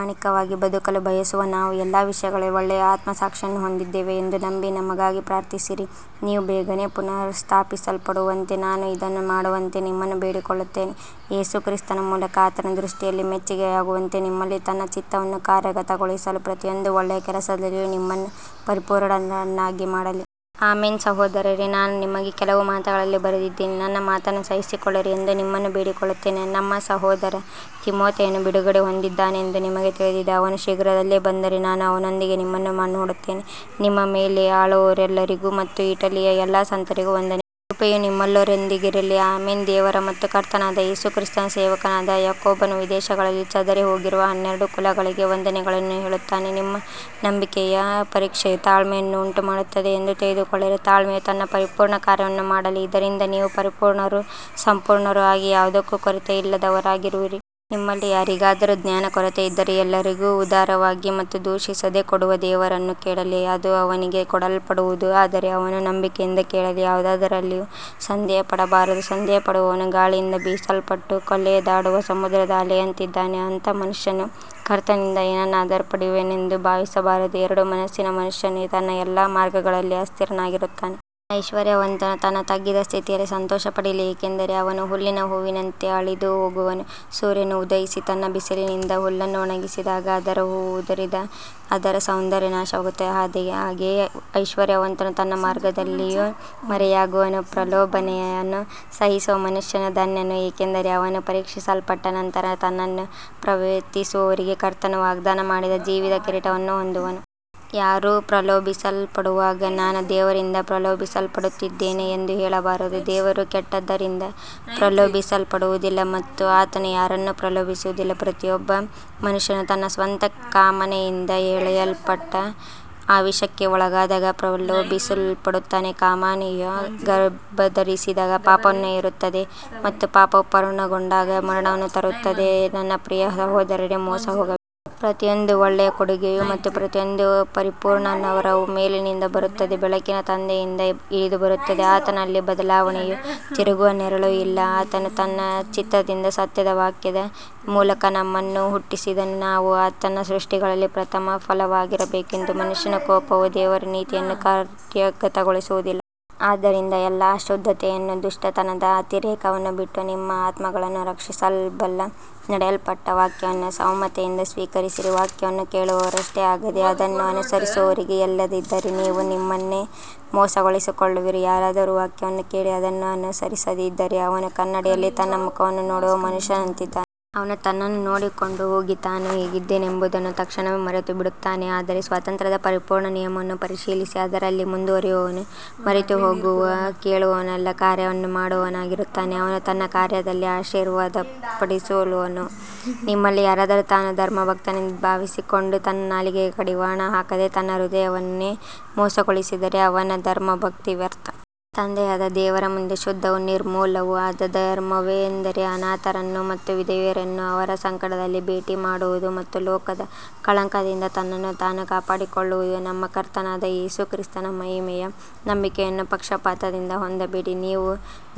ಪ್ರಾಮಾಣಿಕವಾಗಿ ಬದುಕಲು ಬಯಸುವ ನಾವು ಎಲ್ಲ ವಿಷಯಗಳಲ್ಲಿ ಒಳ್ಳೆಯ ಆತ್ಮಸಾಕ್ಷಿಯನ್ನು ಹೊಂದಿದ್ದೇವೆ ಎಂದು ನಂಬಿ ನಮಗಾಗಿ ಪ್ರಾರ್ಥಿಸಿರಿ. ನೀವು ಬೇಗನೆ ಪುನಃಸ್ಥಾಪಿಸಲ್ಪಡುವಂತೆ ನಾನು ಇದನ್ನು ಮಾಡುವಂತೆ ನಿಮ್ಮನ್ನು ಬೇಡಿಕೊಳ್ಳುತ್ತೇನೆ. ಯೇಸು ಕ್ರಿಸ್ತನ ಮೂಲಕ ಆತನ ದೃಷ್ಟಿಯಲ್ಲಿ ಮೆಚ್ಚಿಕೆಯಾಗುವಂತೆ ನಿಮ್ಮಲ್ಲಿ ತನ್ನ ಚಿತ್ತವನ್ನು ಕಾರ್ಯಗತಗೊಳಿಸಲು ಪ್ರತಿಯೊಂದು ಒಳ್ಳೆಯ ಕೆಲಸದಲ್ಲಿಯೂ ನಿಮ್ಮನ್ನು ಪರಿಪೂರ್ಣರನ್ನಾಗಿ ಮಾಡಲಿ. ಆಮೆನ್. ಸಹೋದರರೇ, ನಾನು ನಿಮಗೆ ಕೆಲವು ಮಾತುಗಳಲ್ಲಿ ಬರೆದಿದ್ದೇನೆ, ನನ್ನ ಮಾತನ್ನು ಸಹಿಸಿಕೊಳ್ಳಿರಿ ಎಂದು ನಿಮ್ಮನ್ನು ಬೇಡಿಕೊಳ್ಳುತ್ತೇನೆ. ನಮ್ಮ ಸಹೋದರ ತಿಮೊಥೆಯನು ಬಿಡುಗಡೆ ಹೊಂದಿದ್ದಾನೆಂದು ನಿಮಗೆ ತಿಳಿದಿದೆ. ಅವನು ಶೀಘ್ರದಲ್ಲೇ ಬಂದರೆ ನಾನು ಅವನೊಂದಿಗೆ ನಿಮ್ಮನ್ನು ನೋಡುತ್ತೇನೆ. ನಿಮ್ಮ ಮೇಲೆ ಆಳುವವರೆಲ್ಲರಿಗೂ ಮತ್ತು ಇಟಲಿಯ ಎಲ್ಲಾ ಸಂತರಿಗೂ ವಂದನೆ ಕೃಪೆಯು ನಿಮ್ಮೆಲ್ಲರೊಂದಿಗಿರಲಿ. ಆಮೆನ್. ದೇವರ ಮತ್ತು ಕರ್ತನಾದ ಯೇಸು ಕ್ರಿಸ್ತನ ಸೇವಕನಾದ ಯಾಕೋಬನು ವಿದೇಶಗಳಲ್ಲಿ ಚದರಿಹೋಗಿರುವ ಹನ್ನೆರಡು ಕುಲಗಳಿಗೆ ವಂದನೆಗಳನ್ನು ಹೇಳುತ್ತಾನೆ. ನಿಮ್ಮ ನಂಬಿಕೆಯ ಪರೀಕ್ಷೆಯು ತಾಳ್ಮೆಯನ್ನು ಉಂಟುಮಾಡುತ್ತದೆ ಎಂದು ತಿಳಿದುಕೊಳ್ಳಿರಿ. ತಾಳ್ಮೆಯು ತನ್ನ ಪರಿಪೂರ್ಣ ಕಾರ್ಯವನ್ನು ಮಾಡಲಿ, ಇದರಿಂದ ನೀವು ಪರಿಪೂರ್ಣರೂ ಸಂಪೂರ್ಣರೂ ಆಗಿ ಯಾವುದಕ್ಕೂ ಕೊರತೆಯಿಲ್ಲದವರಾಗಿರುವಿರಿ. ನಿಮ್ಮಲ್ಲಿ ಯಾರಿಗಾದರೂ ಜ್ಞಾನ ಕೊರತೆಯಿದ್ದರೆ ಎಲ್ಲರಿಗೂ ಉದಾರವಾಗಿ ಮತ್ತು ದೂಷಿಸದೆ ಕೊಡುವ ದೇವರನ್ನು ಕೇಳಲಿ, ಅದು ಅವನಿಗೆ ಕೊಡಲ್ಪಡುವುದು. ಆದರೆ ಅವನು ನಂಬಿಕೆಯಿಂದ ಕೇಳಲಿ, ಯಾವುದರಲ್ಲಿಯೂ ಸಂದೇಹಪಡಬಾರದು. ಸಂದೇಹಪಡುವವನು ಗಾಳಿಯಿಂದ ಬೀಸಲ್ಪಟ್ಟು ಅಲೆದಾಡುವ ಸಮುದ್ರದ ಅಲೆಯಂತಿದ್ದಾನೆ. ಅಂಥ ಮನುಷ್ಯನು ಕರ್ತನಿಂದ ಏನನ್ನಾದರೂ ಪಡೆಯುವೆನೆಂದು ಭಾವಿಸಬಾರದು. ಎರಡು ಮನಸ್ಸಿನ ಮನುಷ್ಯನು ತನ್ನ ಎಲ್ಲಾ ಮಾರ್ಗಗಳಲ್ಲಿ ಅಸ್ಥಿರನಾಗಿರುತ್ತಾನೆ. ಐಶ್ವರ್ಯವಂತನು ತನ್ನ ತಗ್ಗಿದ ಸ್ಥಿತಿಯಲ್ಲಿ ಸಂತೋಷಪಡಲಿ, ಏಕೆಂದರೆ ಅವನು ಹುಲ್ಲಿನ ಹೂವಿನಂತೆ ಅಳಿದುಹೋಗುವನು. ಸೂರ್ಯನು ಉದಯಿಸಿ ತನ್ನ ಬಿಸಿಲಿನಿಂದ ಹುಲ್ಲನ್ನು ಒಣಗಿಸಿದಾಗ ಅದರ ಹೂವು ಉದುರಿ ಅದರ ಸೌಂದರ್ಯ ನಾಶವಾಗುತ್ತದೆ. ಹಾಗೆಯೇ ಐಶ್ವರ್ಯವಂತನು ತನ್ನ ಮಾರ್ಗದಲ್ಲಿಯೇ ಮರೆಯಾಗುವನು. ಪ್ರಲೋಭನೆಯನ್ನು ಸಹಿಸುವ ಮನುಷ್ಯನು ಧನ್ಯನು, ಏಕೆಂದರೆ ಅವನು ಪರೀಕ್ಷಿಸಲ್ಪಟ್ಟ ನಂತರ ತನ್ನನ್ನು ಪ್ರೀತಿಸುವವರಿಗೆ ಕರ್ತನು ವಾಗ್ದಾನ ಮಾಡಿದ ಜೀವದ ಕಿರೀಟವನ್ನು ಹೊಂದುವನು. ಯಾರೂ ಪ್ರಲೋಭಿಸಲ್ಪಡುವಾಗ ನಾನು ದೇವರಿಂದ ಪ್ರಲೋಭಿಸಲ್ಪಡುತ್ತಿದ್ದೇನೆ ಎಂದು ಹೇಳಬಾರದು. ದೇವರು ಕೆಟ್ಟದ್ದರಿಂದ ಪ್ರಲೋಭಿಸಲ್ಪಡುವುದಿಲ್ಲ ಮತ್ತು ಆತನು ಯಾರನ್ನೂ ಪ್ರಲೋಭಿಸುವುದಿಲ್ಲ. ಪ್ರತಿಯೊಬ್ಬ ಮನುಷ್ಯನು ತನ್ನ ಸ್ವಂತ ಕಾಮನೆಯಿಂದ ಎಳೆಯಲ್ಪಟ್ಟು ಆಮಿಷಕ್ಕೆ ಒಳಗಾದಾಗ ಪ್ರಲೋಭಿಸಲ್ಪಡುತ್ತಾನೆ. ಕಾಮನೆಯು ಗರ್ಭಧರಿಸಿದಾಗ ಪಾಪವನ್ನು ಹೆರುತ್ತದೆ ಮತ್ತು ಪಾಪವು ಪೂರ್ಣಗೊಂಡಾಗ ಮರಣವನ್ನು ತರುತ್ತದೆ. ನನ್ನ ಪ್ರಿಯ ಸಹೋದರರೇ, ಮೋಸಹೋಗ ಪ್ರತಿಯೊಂದು ಒಳ್ಳೆಯ ಕೊಡುಗೆಯೂ ಮತ್ತು ಪ್ರತಿಯೊಂದು ಪರಿಪೂರ್ಣ ವರವೂ ಮೇಲಿನಿಂದ ಬರುತ್ತದೆ, ಬೆಳಕಿನ ತಂದೆಯಿಂದ ಇಳಿದುಬರುತ್ತದೆ. ಆತನಲ್ಲಿ ಬದಲಾವಣೆಯೂ ತಿರುಗುವ ನೆರಳೂ ಇಲ್ಲ. ಆತನು ತನ್ನ ಚಿತ್ತದಿಂದ ಸತ್ಯದ ವಾಕ್ಯದ ಮೂಲಕ ನಮ್ಮನ್ನು ಹುಟ್ಟಿಸಿದನು, ನಾವು ಆತನ ಸೃಷ್ಟಿಗಳಲ್ಲಿ ಪ್ರಥಮಫಲವಾಗಿರಬೇಕೆಂದು. ಮನುಷ್ಯನ ಕೋಪವು ದೇವರ ನೀತಿಯನ್ನು ಕಾರ್ಯಗತಗೊಳಿಸುವುದಿಲ್ಲ. ಆದ್ದರಿಂದ ಎಲ್ಲಾ ಅಶುದ್ಧತೆಯನ್ನೂ ದುಷ್ಟತನದ ಅತಿರೇಕವನ್ನೂ ಬಿಟ್ಟು ನಿಮ್ಮ ಆತ್ಮಗಳನ್ನು ರಕ್ಷಿಸಬಲ್ಲ ನೆಡಲ್ಪಟ್ಟ ವಾಕ್ಯವನ್ನು ಸೌಮ್ಯತೆಯಿಂದ ಸ್ವೀಕರಿಸಿರಿ. ವಾಕ್ಯವನ್ನು ಕೇಳುವವರಷ್ಟೇ ಆಗದೆ ಅದನ್ನು ಅನುಸರಿಸುವವರಾಗಿರಿ, ಇಲ್ಲದಿದ್ದರೆ ನೀವು ನಿಮ್ಮನ್ನೇ ಮೋಸಗೊಳಿಸಿಕೊಳ್ಳುವಿರಿ. ಯಾರಾದರೂ ವಾಕ್ಯವನ್ನು ಕೇಳಿ ಅದನ್ನು ಅನುಸರಿಸದಿದ್ದರೆ ಅವನು ಕನ್ನಡಿಯಲ್ಲಿ ತನ್ನ ಮುಖವನ್ನು ನೋಡುವ ಮನುಷ್ಯನಂತಿದ್ದಾನೆ. ಅವನು ತನ್ನನ್ನು ನೋಡಿಕೊಂಡು ಹೋಗಿ ತಾನು ಹೇಗಿದ್ದನೆಂಬುದನ್ನು ತಕ್ಷಣವೇ ಮರೆತುಬಿಡುತ್ತಾನೆ. ಆದರೆ ಸ್ವಾತಂತ್ರ್ಯದ ಪರಿಪೂರ್ಣ ನಿಯಮವನ್ನು ಪರಿಶೀಲಿಸಿ ಅದರಲ್ಲಿ ಮುಂದುವರಿಯುವವನು ಮರೆತುಹೋಗುವ ಕೇಳುವವನಲ್ಲ, ಕಾರ್ಯವನ್ನು ಮಾಡುವವನಾಗಿರುತ್ತಾನೆ. ಅವನು ತನ್ನ ಕಾರ್ಯದಲ್ಲಿ ಆಶೀರ್ವದಿಸಲ್ಪಡುವನು. ನಿಮ್ಮಲ್ಲಿ ಯಾರಾದರೂ ತಾನು ಧರ್ಮಭಕ್ತನೆಂದು ಭಾವಿಸಿಕೊಂಡು ತನ್ನ ನಾಲಿಗೆಗೆ ಕಡಿವಾಣ ಹಾಕದೆ ತನ್ನ ಹೃದಯವನ್ನೇ ಮೋಸಗೊಳಿಸಿದರೆ ಅವನ ಧರ್ಮಭಕ್ತಿ ವ್ಯರ್ಥ. ತಂದೆಯಾದ ದೇವರ ಮುಂದೆ ಶುದ್ಧವೂ ನಿರ್ಮಲವೂ ಆದ ಧರ್ಮವೆಂದರೆ ಅನಾಥರನ್ನು ಮತ್ತು ವಿಧವೆಯರನ್ನು ಅವರ ಸಂಕಟದಲ್ಲಿ ಭೇಟಿಮಾಡುವುದು ಮತ್ತು ಲೋಕದ ಕಳಂಕದಿಂದ ತನ್ನನ್ನು ತಾನು ಕಾಪಾಡಿಕೊಳ್ಳುವುದು. ನಮ್ಮ ಕರ್ತನಾದ ಯೇಸು ಕ್ರಿಸ್ತನ ಮಹಿಮೆಯ ನಂಬಿಕೆಯನ್ನು ಪಕ್ಷಪಾತದಿಂದ ಹೊಂದಬೇಡಿ. ನೀವು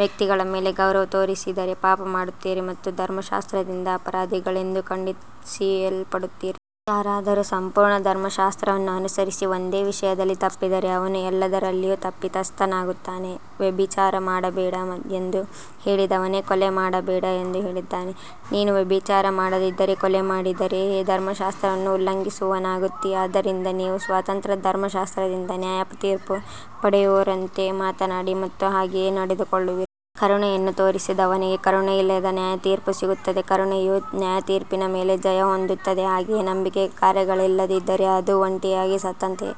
ವ್ಯಕ್ತಿಗಳ ಮೇಲೆ ಗೌರವ ತೋರಿಸಿದರೆ ಪಾಪ ಮಾಡುತ್ತೀರಿ ಮತ್ತು ಧರ್ಮಶಾಸ್ತ್ರದಿಂದ ಅಪರಾಧಿಗಳೆಂದು ಖಂಡಿಸಲ್ಪಡುತ್ತೀರಿ. ಯಾರಾದರೂ ಸಂಪೂರ್ಣ ಧರ್ಮಶಾಸ್ತ್ರವನ್ನು ಅನುಸರಿಸಿ ಒಂದೇ ವಿಷಯದಲ್ಲಿ ತಪ್ಪಿದರೆ ಅವನು ಎಲ್ಲದರಲ್ಲಿಯೂ ತಪ್ಪಿತಸ್ಥನಾಗುತ್ತಾನೆ. ವ್ಯಭಿಚಾರ ಮಾಡಬೇಡ ಎಂದು ಹೇಳಿದವನೇ ಕೊಲೆ ಮಾಡಬೇಡ ಎಂದೂ ಹೇಳಿದ್ದಾನೆ. ನೀನು ವ್ಯಭಿಚಾರ ಮಾಡದಿದ್ದರೂ ಕೊಲೆ ಮಾಡಿದರೆ ಧರ್ಮಶಾಸ್ತ್ರವನ್ನು ಉಲ್ಲಂಘಿಸುವವನಾಗುತ್ತೀ. ಆದ್ದರಿಂದ ನೀವು ಸ್ವಾತಂತ್ರ್ಯದ ಧರ್ಮಶಾಸ್ತ್ರದಿಂದ ನ್ಯಾಯತೀರ್ಪು ಪಡೆಯುವವರಂತೆ ಮಾತನಾಡಿ ಮತ್ತು ಹಾಗೆಯೇ ನಡೆದುಕೊಳ್ಳಿರಿ. ಕರುಣೆಯನ್ನು ತೋರಿಸದವನಿಗೆ ಕರುಣೆಯಿಲ್ಲದ ನ್ಯಾಯತೀರ್ಪು ಸಿಗುತ್ತದೆ. ಕರುಣೆಯು ನ್ಯಾಯತೀರ್ಪಿನ ಮೇಲೆ ಜಯ ಹೊಂದುತ್ತದೆ. ಹಾಗೆಯೇ ನಂಬಿಕೆಗೆ ಕಾರ್ಯಗಳಿಲ್ಲದಿದ್ದರೆ ಅದು ಒಂಟಿಯಾಗಿ ಸತ್ತಂತೆಯೇ.